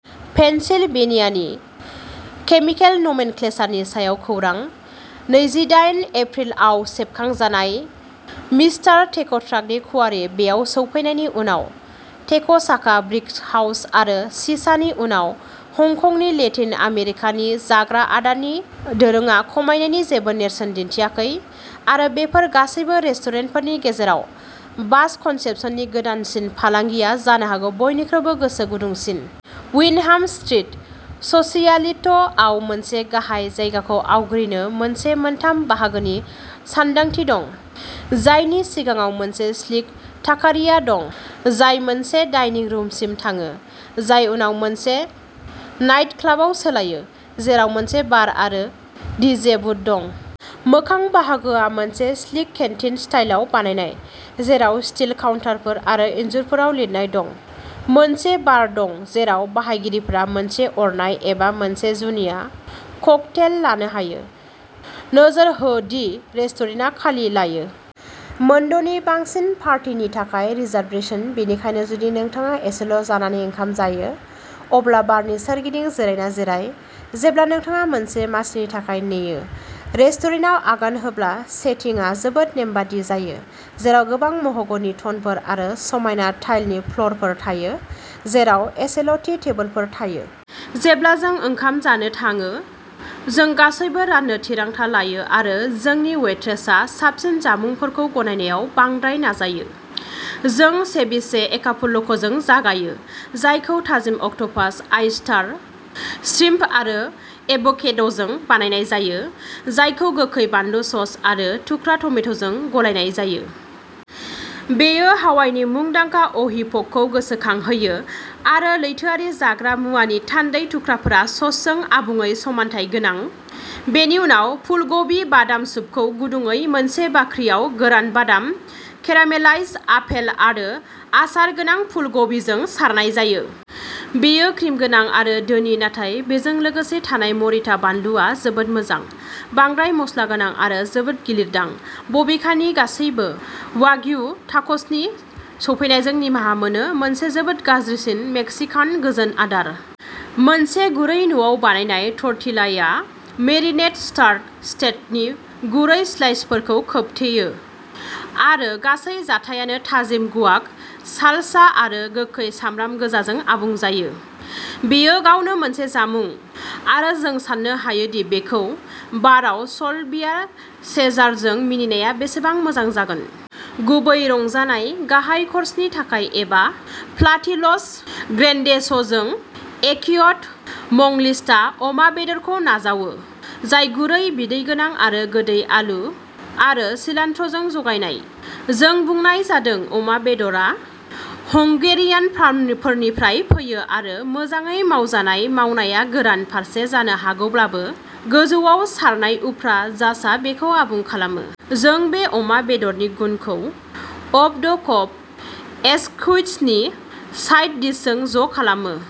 पेनसिलभेनियानि। Chemical नमेनक्लेचारनि सायाव खौरां। नैजिदायेन एप्रिल आव सेबखांजानाय। मिस्टार टेक'ट्राकनि क्वारी बेआव सफैनायनि उनाव, टेक'चाका, ब्रिकहाउस आरो चिचानि उनाव, हंकंनि लेटिन आमेरिकानि जाग्रा आदारनि दोरोंआ खमायनायनि जेबो नेरसोन दिन्थियाखै। आरो, बेफोर गासैबो रेस्टुरेन्टफोरनि गेजेराव, बाज कन्सेप्ट्सनि गोदानसिन फालांगिया जानो हागौ बयनिख्रुइबो गोसो गुदुंसिन। विन्डहाम स्ट्रीट, सोसियालित' आव मोनसे गाहाय जायगाखौ आवग्रिना मोनसे मोनथाम बाहागोनि सानदांथि दं, जायनि सिगाङाव मोनसे स्लिक टाकेरिया दं, जाय मोनसे डाइनिं रुमसिम थाङो, जाय उनाव मोनसे नाइटक्लाबाव सोलायो, जेराव मोनसे बार आरो डीजे बुथ दं। मोखां बाहागोआ, मोनसे स्लिक केन्टिन स्टाइलआव बानायनाय, जेराव स्टील काउन्टारफोर आरो इन्जुरफोराव लिरनाय दं, मोनसे बार दं जेराव बायगिरिफोरा मोनसे अरनाय एबा मोनसे जुनिया ककटेल लानो हायो। नोजोर हो दि रेस्टुरेन्टआ खालि लायो। मोनद'नि बांसिन पार्टिनि थाखाय रिजार्भेसन-बेनिखायनो जुदि नोंथाङा एसेल' जानानै ओंखाम जायो, अब्ला बारनि सोरगिदिं जिरायना जिराय, जेब्ला नोंथाङा मोनसे मासिनि थाखाय नेयो। रेस्टुरेन्टआव आगान होब्ला सेटिंआ जोबोद नेमबादि जायो, जेराव गोबां मह'गनि टनफोर आरो समायना टाइलनि फ्ल'रफोर थायो, जेराव एसेल'थि टेबोलफोर थायो। जेब्ला जों ओंखाम जानो थाङो, जों गासैबो राननो थिरांथा लायो आरो जोंनि वेट्रेसआ साबसिन जामुंफोरखौ गनायनायाव बांद्राय नाजायो। जों सेभिचे एकापुल्क' जों जागायो, जायखौ थाजिम अक्ट'पास, आयस्टार, श्रिंप आरो एभ'केड'जों बानायनाय जायो, जायखौ गोखै बानलु सस आरो थुख्रा टमेट'जों गलायनाय जायो। बेयो हावाइनि मुंदांखा अहि पकखौ गोसोखांहोयो आरो लैथोआरि जाग्रा मुवानि गुन्दै थुख्राफोरा ससजों आबुङै समानथाय गोनां। बेनि उनाव फुलकबि बादाम सुप खौ गुदुंयै मोनसे बाख्रियाव गोरान बादाम, केरामेलाइज्ड आपेल आरो आसार गोनां फुलकबिजों सारनाय जायो। बेयो क्रिम गोनां आरो धोनि नाथाय बेजों लोगोसे थानाय मरिटा बानलुआ जोबोद मोजां। बांद्राय मस्लागोनां आरो जोबोद गिलिर दां। बबेखानि, गासिबो वाग्यु टाक'स नि सौफैनायजों निमाहा मोनो मोनसे जोबोद गाज्रिसिन मेक्सिकान गोजोन आदार। मोनसे गुरै न'आव बानायनाय टर्टिलाया मेरिनेटेड स्कार्ट स्टेकनि गुरै स्लाइसफोरखौ खोबथेयो आरो गासै जाथायानो थाजिम गुआक, सालसा आरो गोखै सामब्राम गोजाजों आबुं जायो। बेयो गावनो मोनसे जामुं आरो जों साननो हायोदि बेखौ बारआव स'ल बियार चेजारजों मिनिनाया बेसेबां मोजां जागोन। गुबै रंजानाय गाहाय क'र्सनि थाखाय एबा' प्लाटिल'स ग्रेन्डेस' जों एकिय'ट मंगलित्सा अमा बेदरखौ नाजावो, जाय गुरै, बिदै गोनां आरो गोदै आलु आरो सिलान्ट्र'जों जगायनाय। जों बुंनाय जादों अमा बेदरआ हंगेरियान फार्मफोरनिफ्राय फैयो आरो मोजाङै मावजानाय मावनाया गोरान फारसे जानो हागौब्लाबो, गोजौआव सारनाय उफ्रा जासआ बेखौ आबुं खालामो। जों बे अमा बेदरनि गुनखौ अफ द कब एस्कुइट्स नि साइड डिशजों ज'खालामो।